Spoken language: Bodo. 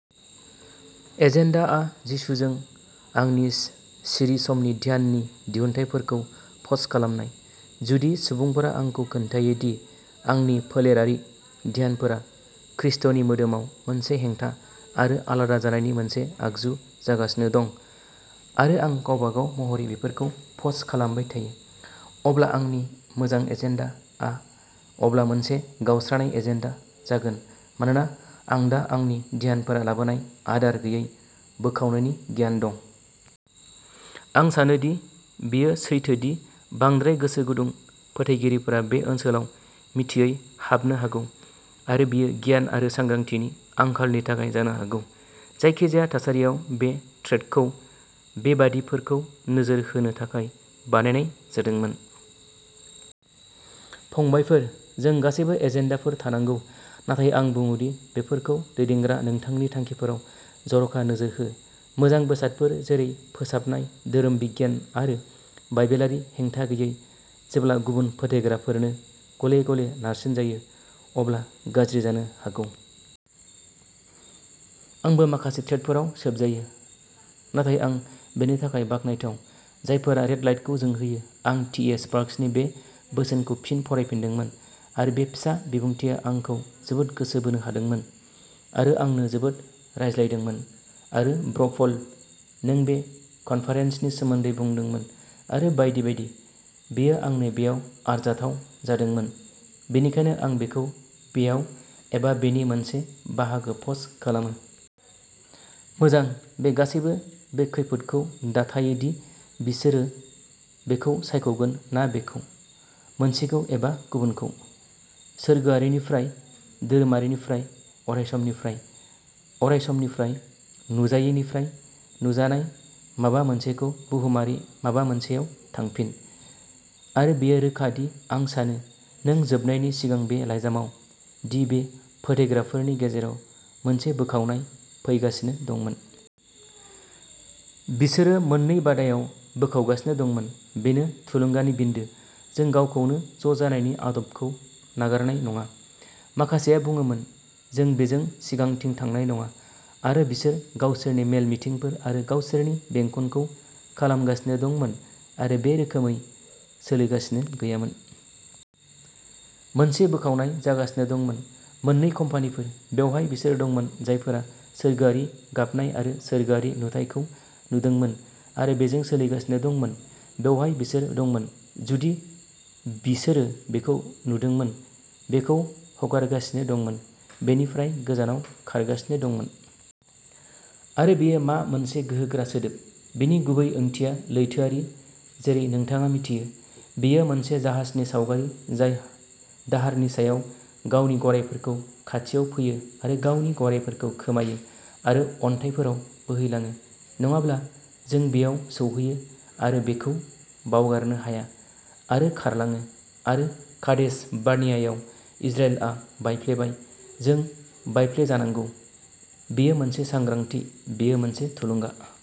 "एजेन्डा" आ जिसुजों आंनि सिरि समनि ध्याननि दिहुनथायफोरखौ पस्ट खालामनाय। जुदि सुबुंफोरा आंखौ खोन्थायो दि आंनि फोलेरारि ध्यानफोरा खृष्टनि मोदोमाव मोनसे हेंथा आरो आलादा जानायनि मोनसे आगजु जागासिनो दं, आरो आं गावबागाव महरै बेफोरखौ पस्ट खालामबाय थायो, अब्ला आंनि "मोजां एजेन्डा" आ अब्ला मोनसे "गावस्रानाय एजेन्डा" जागोन मानोना आं दा आंनि ध्यानफोरा लाबोनाय आदार गैयै बोखावनायनि गियान दं। आं सानो दि बेयो सैथो दि बांद्राय गोसोगुदुं फोथायगिरिफोरा बे ओनसोलाव मिथियै हाबनो हागौ, आरो बेयो गियान आरो सांग्रांथिनि आंखालनि थाखाय जानो हागौ। जायखिजाया थासारियाव, बे थ्रेडखौ बेबादिफोरखौ नोजोर होनो थाखाय बानायनाय जादोंमोन। फंबायफोर, जों गासैबो एजेन्डाफोर थानांगौ, नाथाय आं बुङो दि बेफोरखौ दैदेनग्रा नोंथांनि थांखिफोराव जर'खा नोजोर हो। "मोजां" बेसादफोर, जेरै फोसाबनाय धोरोम बिगियान आरो बाइबेलारि हेंथा गैयै, जेब्ला गुबुन फोथायग्राफोरनो गले-गले नारसिनजायो, अब्ला गाज्रि जानो हागौ। आंबो माखासे थ्रेडफोराव "सोबजायो", नाथाय आं बेनि थाखाय बाखनायथाव। जायफोरा रेडलाइटखौ जोंहोयो, आं टि. ए. स्पार्क्सनि बे बोसोनखौ फिन फरायफिनदोंमोन, आरो बे फिसा बिबुंथिआ आंखौ जोबोद गोसो बोनो हादोंमोन आरो आंनो जोबोद रायज्लायदोंमोन, आरो ब्र'पल, नों बे कनफारेंसनि सोमोन्दै बुंदोंमोन आरो बायदि बायदि, बेयो आंनो बेयाव आरजाथाव जादोंमोन, बेनिखायनो आं बेखौ बेयाव एबा बेनि मोनसे बाहागो पस्ट खालामो। "मोजां, बे गासैबो बे खैफोदखौ दाथायो दि बिसोरो बेखौ सायख'गोन ना बेखौ, मोनसेखौ एबा गुबुनखौ। सोरगोआरिनिफ्राय, धोरोमारिनिफ्राय, अरायसमनिफ्राय, अरायसमनिफ्राय, नुजायैनिफ्राय नुजानाय माबा मोनसेखौ बुहुमारि माबा मोनसेयाव थांफिन। आरो बेयो रोखा दि आं सानो, नों जोबनायनि सिगां बे लाइजामाव, दि बे फोथायग्राफोरनि गेजेराव मोनसे बोखावनाय फैगासिनो दंमोन। बिसोरो मोन्नै बादायाव बोखावगासिनो दंमोन। बेनो थुलुंगानि बिन्दो" जों गावखौनो ज'जानायनि आदबखौ नागारनाय नङा। "माखासेआ बुङोमोन", जों बेजों सिगांथिं थांनाय नङा "आरो बिसोर गावसोरनि मेल-मिथिंफोर आरो गावसोरनि बेंखनखौ खालामगासिनो दंमोन आरो बे रोखोमै सोलिगासिनो गैयामोन। मोनसे बोखावनाय जागासिनो दंमोन; मोननै कम्पानिफोर। बेवहाय बिसोर दंमोन जायफोरा सोरगोआरि गाबनाय आरो सोरगोआरि नुथायखौ नुदोंमोन आरो बेजों सोलिगासिनो दंमोन; बेवहाय बिसोर दंमोन, जुदि बिसोरो बेखौ नुदोंमोन, बेखौ हगारगासिनो दंमोन, बेनिफ्राय गोजानाव खारगासिनो दंमोन। आरो बेयो मा मोनसे गोहोगोरा सोदोब! बेनि गुबै ओंथिया लैथोआरि, जेरै नोंथाङा मिथियो। बेयो मोनसे जाहाजनि सावगारि जाय दाहारनि सायाव गावनि गरायफोरखौ खाथियाव फैयो आरो गावनि गरायफोरखौ खोमायो आरो अन्थाइफोराव बोहैलाङो। नङाब्ला जों बेयाव सौहैयो आरो बेखौ बावगारनो हाया आरो खारलाङो आरो कादेश बार्नियायाव इजराइलआ बायफ्लेबाय, जों बायफ्लेजानांगौ। बेयो मोनसे सांग्रांथि, बेयो मोनसे थुलुंगा।"